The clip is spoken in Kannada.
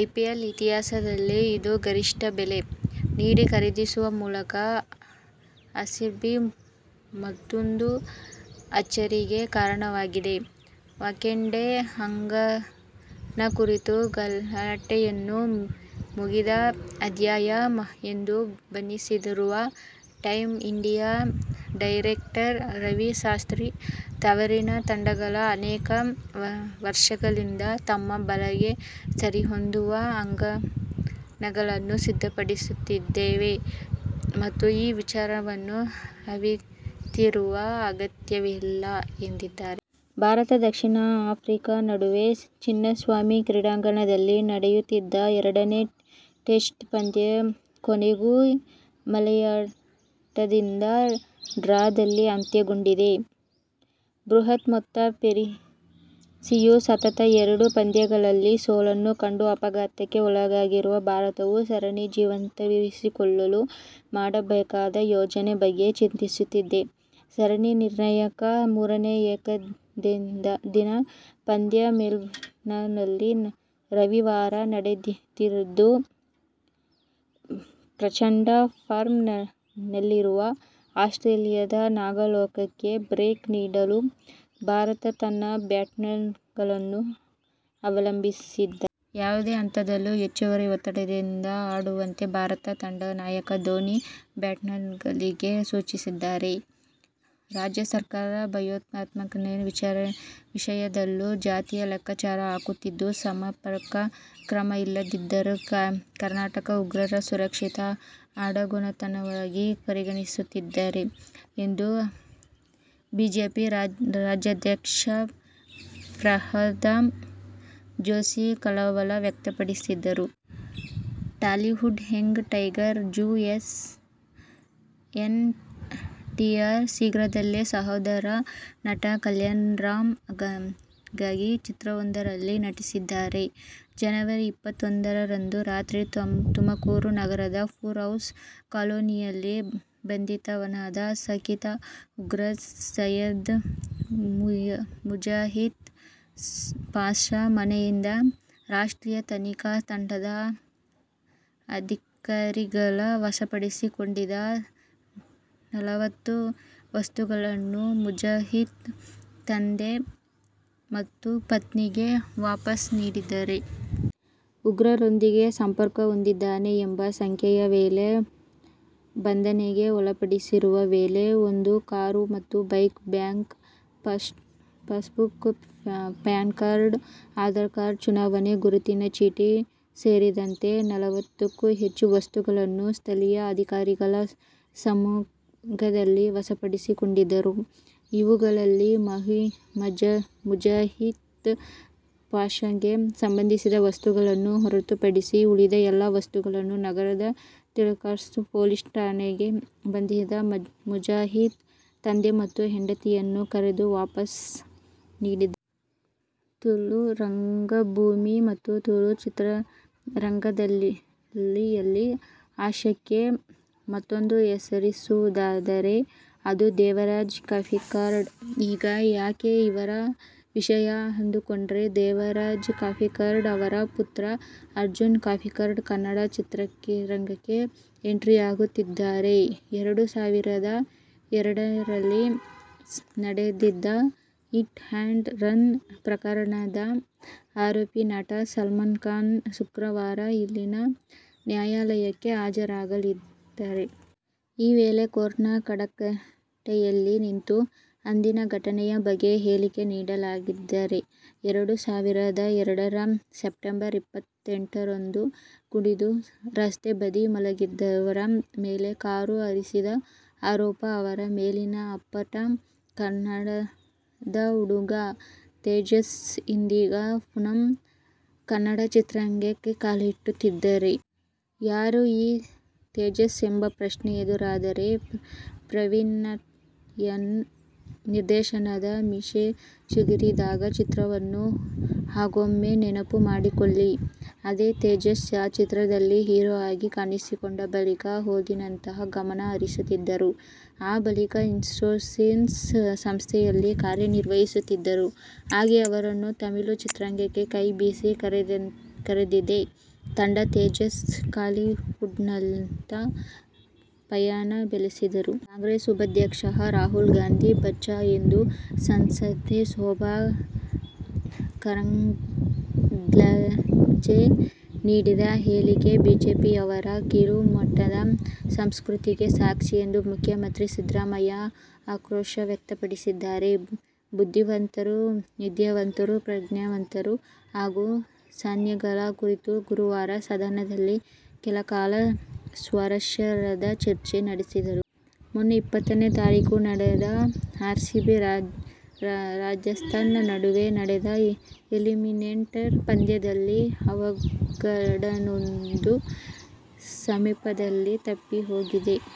ಐಪಿಎಲ್ ಇತಿಹಾಸದಲ್ಲೇ ಇದು ಗರಿಷ್ಠ ಬೆಲೆ. ನೀಡಿ ಖರೀದಿಸುವ ಮೂಲಕ ಆರ್ಸಿಬಿ ಮತ್ತೂಂದು ಅಚ್ಚರಿಗೆ ಕಾರಣವಾಗಿದೆ. ವಾಂಖೇಡೆ ಅಂಗಣ ಕುರಿತ ಗಲಾಟೆಯನ್ನು "ಮುಗಿದ ಅಧ್ಯಾಯ' ಎಂದು ಬಣ್ಣಿಸಿರುವ team India director Ravi Shastri, ತವರಿನ ತಂಡಗಳು ಅನೇಕ ವರ್ಷಗಳಿಂದ ತಮ್ಮ ಬಲಕ್ಕೆ ಸರಿಹೊಂದುವ ಅಂಗಣಗಳನ್ನು ಸಿದ್ಧಪಡಿಸುತ್ತಿವೆ ಮತ್ತು ಈ ವಿಚಾರವನ್ನು ಅವಿತಿರಿಸುವ ಅಗತ್ಯವಿಲ್ಲ ಎಂದಿದ್ದಾರೆ. ಭಾರತ-ದಕ್ಷಿಣ ಆಫ್ರಿಕಾ ನಡುವೆ ಚಿನ್ನಸ್ವಾಮಿ ಕ್ರೀಡಾಂಗಣದಲ್ಲಿ ನಡೆಯುತ್ತಿದ್ದ ಎರಡನೇ ಟೆಸ್ಟ್ ಪಂದ್ಯ ಕೊನೆಗೂ ಮಳೆಯಾಟದಿಂದ ಡ್ರಾದಲ್ಲಿ ಅಂತ್ಯಗೊಂಡಿದೆ. ಬೃಹತ್ ಮೊತ್ತ ಪೇರಿಸಿಯೂ ಸತತ ಎರಡು ಪಂದ್ಯಗಳಲ್ಲಿ ಸೋಲನ್ನು ಕಂಡು ಆಘಾತಕ್ಕೆ ಒಳಗಾಗಿರುವ ಭಾರತವು ಸರಣಿ ಜೀವಂತವಿರಿಸಿಕೊಳ್ಳಲು ಮಾಡಬೇಕಾದ ಯೋಜನೆ ಬಗ್ಗೆ ಚಿಂತಿಸುತ್ತಿದೆ. ಸರಣಿ ನಿರ್ಣಾಯಕ ಮೂರನೇ ಏಕದಿನ ಪಂದ್ಯ ಮೆಲ್ಬರ್ನ್ನಲ್ಲಿ ರವಿವಾರ ನಡೆಯಲಿದ್ದು ಪ್ರಚಂಡ ಫಾರ್ಮ್ ನಲ್ಲಿರುವ ಆಸ್ಟ್ರೇಲಿಯದ ನಾಗಾಲೋಟಕ್ಕೆ ಬ್ರೇಕ್ ನೀಡಲು ಭಾರತ ತನ್ನ ಬ್ಯಾಟ್ಸ್ಮನ್ಗಳನ್ನು ಅವಲಂಬಿಸಿದೆ. ಯಾವುದೇ ಹಂತದಲ್ಲೂ ಹೆಚ್ಚುವರಿ ಒತ್ತಡದಿಂದ ಆಡುವಂತೆ ಭಾರತ ತಂಡದ ನಾಯಕ ಧೋನಿ ಬ್ಯಾಟ್ಸ್ಮನ್ಗಳಿಗೆ ಸೂಚಿಸಿದ್ದಾರೆ. ರಾಜ್ಯ ಸರ್ಕಾರ ಭಯೋತ್ಪಾದನೆ ವಿಷಯದಲ್ಲೂ ಜಾತಿಯ ಲೆಕ್ಕಾಚಾರ ಹಾಕುತ್ತಿದ್ದು, ಸಮರ್ಪಕ ಕ್ರಮ ಇಲ್ಲದ್ದರಿಂದ ಕರ್ನಾಟಕ ಉಗ್ರರ ಸುರಕ್ಷಿತ ಅಡಗುತಾಣವಾಗಿ ಪರಿಣಮಿಸುತ್ತಿದೆ ಎಂದು ಬಿಜೆಪಿ ರಾಜ್ಯಾಧ್ಯಕ್ಷ ಪ್ರಹ್ಲಾದ ಜೋಶಿ ಕಳವಳ ವ್ಯಕ್ತಪಡಿಸಿದರು. ಟಾಲಿವುಡ್ ಯಂಗ್ ಟೈಗರ್ ಜೂ. ಎನ್. ಟಿ. ಆರ್ ಶೀಘ್ರದಲ್ಲೇ ಸಹೋದರ ನಟ ಕಲ್ಯಾಣ್ ರಾಮ್'ಗಾಗಿ ಚಿತ್ರವೊಂದರಲ್ಲಿ ನಟಿಸಲಿದ್ದಾರೆ. ಜನವರಿ ಇಪ್ಪತ್ತೊಂದ ರಂದು ರಾತ್ರಿ ತುಮಕೂರು ನಗರದ ಪೂರ್ ಹೌಸ್ ಕಾಲೊನಿಯಲ್ಲಿ ಬಂಧಿತನಾದ ಶಂಕಿತ ಉಗ್ರ ಸೈಯದ್ ಮುಜಾಹಿದ್ ಪಾಷ ಮನೆಯಿಂದ ರಾಷ್ಟ್ರೀಯ ತನಿಖಾ ತಂಡದ ಅಧಿಕಾರಿಗಳು ವಶಪಡಿಸಿಕೊಂಡಿದ್ದ ನಲವತ್ತು ವಸ್ತುಗಳನ್ನು ಮುಜಾಹಿದ್ ತಂದೆ ಮತ್ತು ಪತ್ನಿಗೆ ವಾಪಸ್ ನೀಡಿದ್ದಾರೆ. ಉಗ್ರರೊಂದಿಗೆ ಸಂಪರ್ಕಹೊಂದಿದ್ದಾನೆ ಎಂಬ ಶಂಕೆಯ ಮೇಲೆ ಬಂಧನಕ್ಕೆ ಒಳಪಡಿಸುವ ವೇಳೆ ಒಂದು ಕಾರು ಮತ್ತು bike, bank passbook, PAN card, Aadhaar card, ಚುನಾವಣಾ ಗುರುತಿನ ಚೀಟಿ ಸೇರಿದಂತೆ ನಲವತ್ತುಕ್ಕೂ ಹೆಚ್ಚು ವಸ್ತುಗಳನ್ನು ಸ್ಥಳೀಯ ಅಧಿಕಾರಿಗಳ ಸಮ್ಮುಖದಲ್ಲಿ ವಶಪಡಿಸಿಕೊಂಡಿದ್ದರು. ಇವುಗಳಲ್ಲಿ ಮುಜಾಹಿದ್ ಪಾಷಗೆ ಸಂಬಂಧಿಸಿದ ವಸ್ತುಗಳನ್ನು ಹೊರತುಪಡಿಸಿ ಉಳಿದ ಎಲ್ಲಾ ವಸ್ತುಗಳನ್ನು ನಗರದ ತಿಲಕ್ಪಾರ್ಕ್ ಪೊಲೀಸ್ ಠಾಣೆಗೆ ಬಂಧಿತ ಮುಜಾಹಿದ್ ತಂದೆ ಮತ್ತು ಹೆಂಡತಿಯನ್ನು ಕರೆಸಿ ವಾಪಸ್ ನೀಡಿದ್ದಾರೆ. ತುಳು ರಂಗಭೂಮಿ ಮತ್ತು ತುಳು ಚಿತ್ರರಂಗದಲ್ಲಿಯಲ್ಲಿ ಹಾಸ್ಯಕ್ಕೆ ಮತ್ತೂಂದು ಹೆಸರಿಸುವುದಾದರೆ ಅದು ದೇವರಾಜ್ ಕಾಪಿಕಾಡ್. ಈಗ ಯಾಕೆ ಇವರ ವಿಷಯ ಅಂದುಕೊಂಡ್ರಾ ದೇವರಾಜ್ ಕಾಪಿಕಾಡ್ ಅವರ ಪುತ್ರ ಅರ್ಜುನ್ ಕಾಪಿಕಾಡ್ ಕನ್ನಡ ಚಿತ್ರರಂಗಕ್ಕೆ ಎಂಟ್ರಿಯಾಗುತ್ತಿದ್ದಾರೆ. ಎರಡು ಸಾವಿರದ ಎರಡರಲ್ಲಿ ನಡೆದಿದ್ದ ಹಿಟ್ ಅಂಡ್ ರನ್ ಪ್ರಕರಣದ ಆರೋಪಿ, ನಟ ಸಲ್ಮಾನ್ಖಾನ್ ಶುಕ್ರವಾರ ಇಲ್ಲಿನ ನ್ಯಾಯಾಲಯಕ್ಕೆ ಹಾಜರಾಗಲಿದ್ದಾರೆ. ಈ ವೇಳೆ ಕೋರ್ಟ್ನ ಕಟಕಟೆಯಲ್ಲಿ ನಿಂತು ಅಂದಿನ ಘಟನೆಯ ಬಗ್ಗೆ ಹೇಳಿಕೆ ನೀಡಲಿದ್ದಾರೆ. ಎರಡು ಸಾವಿರದ ಎರಡರ ಸೆಪ್ಟಂಬರ್ ಇಪ್ಪತ್ತೆಂಟರಂದು ಕುಡಿದು ರಸ್ತೆ ಬದಿ ಮಲಗಿದ್ದವರ ಮೇಲೆ ಕಾರು ಹರಿಸಿದ ಆರೋಪ ಅವರ ಮೇಲಿದೆ. ಅಪ್ಪಟ ಕನ್ನಡದ ಹುಡುಗ ತೇಜಸ್ ಇದೀಗ ಪುನಃ ಕನ್ನಡ ಚಿತ್ರರಂಗಕ್ಕೆ ಕಾಲಿಡುತ್ತಿದ್ದಾನೆ. ಯಾರು ಈ ತೇಜಸ್ ಎಂಬ ಪ್ರಶ್ನೆ ಎದುರಾದರೆ, ಪ್ರವೀಣ್ನಾಯಕ್ ನಿರ್ದೇಶನದ "ಮೀಸೆ ಚಿಗುರಿದಾಗ' ಚಿತ್ರವನ್ನು ಹಾಗೊಮ್ಮೆ ನೆನಪು ಮಾಡಿಕೊಳ್ಳಿ. ಅದೇ ತೇಜಸ್, ಆ ಚಿತ್ರದಲ್ಲಿ ಹೀರೋ ಆಗಿ ಕಾಣಿಸಿಕೊಂಡ ಬಳಿಕ ಓದಿನತ್ತ ಗಮನ ಹರಿಸಿದ್ದರು. ಆ ಬಳಿಕ ಇನ್ಫೋಸಿಸ್ ಸಂಸ್ಥೆಯಲ್ಲಿ ಕಾರ್ಯನಿರ್ವಹಿಸಿದ್ದರು. ಹಾಗೇ ಅವರನ್ನು ತಮಿಳು ಚಿತ್ರರಂಗ ಕೈ ಬೀಸಿ ಕರೆದಿದ್ದೇ ತಡ, ತೇಜಸ್ ಕಾಲಿವುಡ್ನತ್ತ ಪಯಣ ಬೆಳೆಸಿದ್ದರು. ಕಾಂಗ್ರೆಸ್ ಉಪಾಧ್ಯಕ್ಷ ರಾಹುಲ್ ಗಾಂಧಿ ಬಚ್ಚಾ ಎಂದು ಸಂಸದೆ ಶೋಭಾ ಕರಂದ್ಲಾಜೆ ನೀಡಿದ ಹೇಳಿಕೆ ಬಿಜೆಪಿಯವರ ಕೀಳು ಮಟ್ಟದ ಸಂಸ್ಕೃತಿಗೆ ಸಾಕ್ಷಿ ಎಂದು ಮುಖ್ಯಮಂತ್ರಿ ಸಿದ್ದರಾಮಯ್ಯ ಆಕ್ರೋಶ ವ್ಯಕ್ತಪಡಿಸಿದ್ದಾರೆ. "ಬುದ್ಧಿವಂತರು, ವಿದ್ಯಾವಂತರು, ಪ್ರಜ್ಞಾವಂತರು ಹಾಗೂ ಶಾಣ್ಯಾಗಳ ಕುರಿತು ಗುರುವಾರ ಸದನದಲ್ಲಿ ಕೆಲಕಾಲ ಸ್ವಾರಸ್ಯಕರ ಚರ್ಚೆ ನಡೆಯಿತು. ಮೊನ್ನೆ ಇಪ್ಪತ್ತನೇ ತಾರೀಖು ನಡೆದ ಆರ್ಸಿಬಿ-ರಾಜಸ್ಥಾನ್ ನಡುವೆ ನಡೆದ ಎಲಿಮಿನೇಟರ್ ಪಂದ್ಯದಲ್ಲಿ ಅವಘಡವೊಂದು ಸಮೀಪದಲ್ಲಿ ತಪ್ಪಿಹೋಗಿದೆ.